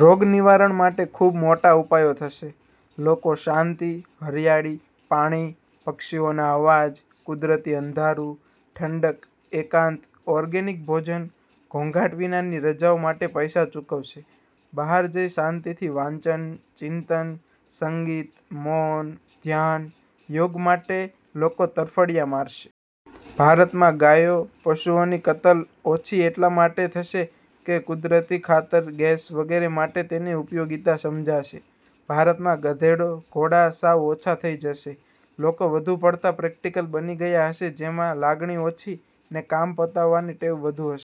રોગ નિવારણ માટે ખૂબ મોટા ઉપાયો થશે. લોકો શાંતિ, હરિયાળી, પાણી, પક્ષીઓના અવાજ, કુદરતી અંધારું, ઠંડક, એકાંત, ઓર્ગેનિક ભોજન, ઘોંઘાટ વિનાની રજાઓ માટે પૈસા ચૂકવશે. બહાર જઈ શાંતિથી વાંચન, ચિંતન, સંગીત, મૌન, ધ્યાન, યોગ માટે લોકો તરફડીયા મારશે. ભારત માં ગાયો, પશુઓની કતલ ઓછી એટલા માટે થશે કે કુદરતી ખાતર, ગેસ, વગેરે માટે તેની ઉપયોગીતા સમજાશે. ભારતમાં ગધેડા, ઘોડા સાવ ઓછા થઈ જશે. લોકો વધુ પડતા પ્રેક્ટિકલ બની ગયા હશે જેમાં લાગણી ઓછી ને કામ પતાવવાની ટેવ વધુ હશે.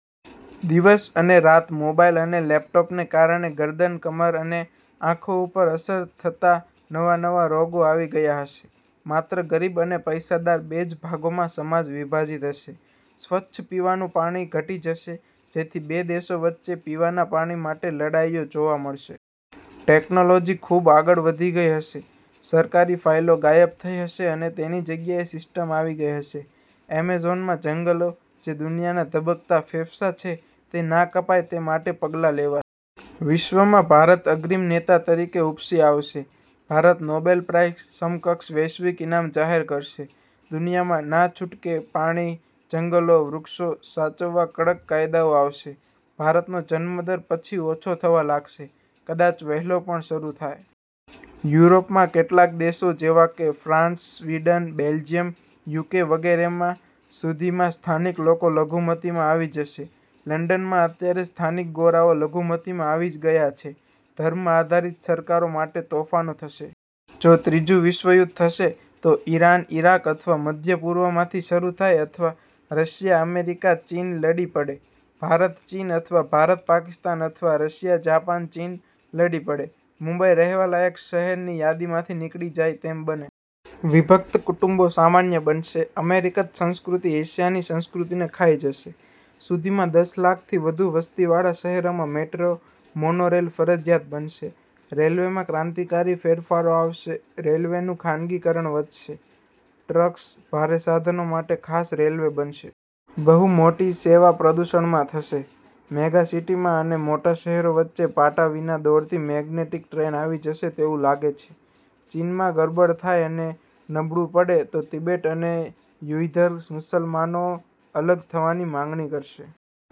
દિવસ અને રાત મોબાઈલ અને લેપટોપને કારણે ગરદન, કમર અને આંખો ઉપર અસર થતા નવા નવા રોગો આવી ગયા હશે. માત્ર ગરીબ અને પૈસાદાર બેજ ભાગોમાં સમાજ વિભાજિત હશે. સ્વચ્છ પીવાનું પાણી ઘટી જશે જેથી બે દેશો વચ્ચે પીવાના પાણી માટે લડાઈઓ જોવા મળશે. ટેકનોલોજી ખૂબ આગળ વધી ગઈ હશે. સરકારી ફાઈલો ગાયબ થઈ હશે અને તેની જગ્યાએ સિસ્ટમ આવી ગઈ હશે. અમેઝોનમાં જંગલો, જે દુનિયાના ધબકતા ફેફસા છે, તે ના કપાય તે માટે પગલાં લેવા. વિશ્વમાં ભારત અગ્રીમ નેતા તરીકે ઉપસી આવશે. ભારત નોબેલ પ્રાઇઝ સમકક્ષ વૈશ્વિક ઈનામ જાહેર કરશે. દુનિયામાં, નાછૂટકે, પાણી, જંગલો, વૃક્ષો સાચવવા કડક કાયદાઓ આવશે. ભારતનો જન્મ દર પછી ઓછો થવા લાગશે. કદાચ વહેલો પણ શરૂ થાય. યુરોપ માં કેટલાક દેશો જેવાકે ફ્રાન્સ, સ્વીડન, બેલ્જિયમ, યુકે વગેરે માં સુધીમાં સ્થાનિક લોકો લઘુમતી માં આવી જશે. લંડનમાં અત્યારે સ્થાનિક ગોરાઓ લઘુમતીમાં આવીજ ગયા છે. ધર્મ આધારિત સરકારો માટે તોફાનો થશે. જો ત્રીજું વિશ્વ યુધ્ધ થશે તો ઈરાન, ઈરાક અથવા મધ્ય પૂર્વ માંથી શરૂ થાય અથવા રશિયા, અમેરિકા, ચીન લડી પડે. ભારત, ચીન, અથવા ભારત- પાકિસ્તાન અથવા રશિયા, જાપાન, ચીન લડી પડે. મુંબઈ રહેવા લાયક શહેરની યાદીમાંથી નીકળી જાય તેમ બને. વિભક્ત કુટુંબો સામાન્ય બનશે. અમેરિકન સંસ્કૃતિ એશિયાની સંસ્કૃતીને ખાઈ જશે. સુધીમાં દસ લાખ થી વધુ વસ્તી વાળા શહેરોમાં મેટ્રો, મોનો રેલ ફરજિયાત બનશે. રેલ્વે માં ક્રાંતિકારી ફેરફારો આવશે. રેલવે નું ખાનગીકરણ વધશે. ટ્રક્સ, ભારે સાધનો માટે ખાસ રેલ્વે બનશે. બહુ મોટી સેવા પ્રદૂષણમાં થશે. મેગા સિટી માં અને મોટા શહેરો વચ્ચે પાટા વિના દોડતી મેગ્નેટિક ટ્રેન આવી જશે તેવું લાગે છે. ચીનમાં ગરબડ થાય અને નબળુ પડે તો તિબેટ અને યુઈધર મુસલમાનો અલગ થવાની માગણી કરશે.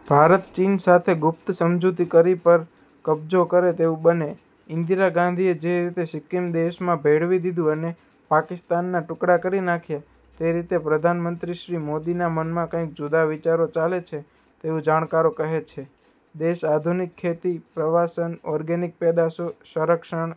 ભારત ચીન સાથે ગુપ્ત સમજૂતી કરી પર કબજો કરે તેવું બને. ઇન્દિરા ગાંધીએ જે રીતે સિક્કિમ દેશમાં ભેળવી દીધું અને પાકિસ્તાન ના ટુકડા કરી નાખ્યાં તે રીતે પ્રધાન મંત્રી શ્રી મોદીના મનમાં કંઇક જુદા વિચારો ચાલે છે તેવું જાણકારો કહે છે. દેશ આધુનિક ખેતી, પ્રવાસન, ઓર્ગેનિક પેદાશો, સંરક્ષણ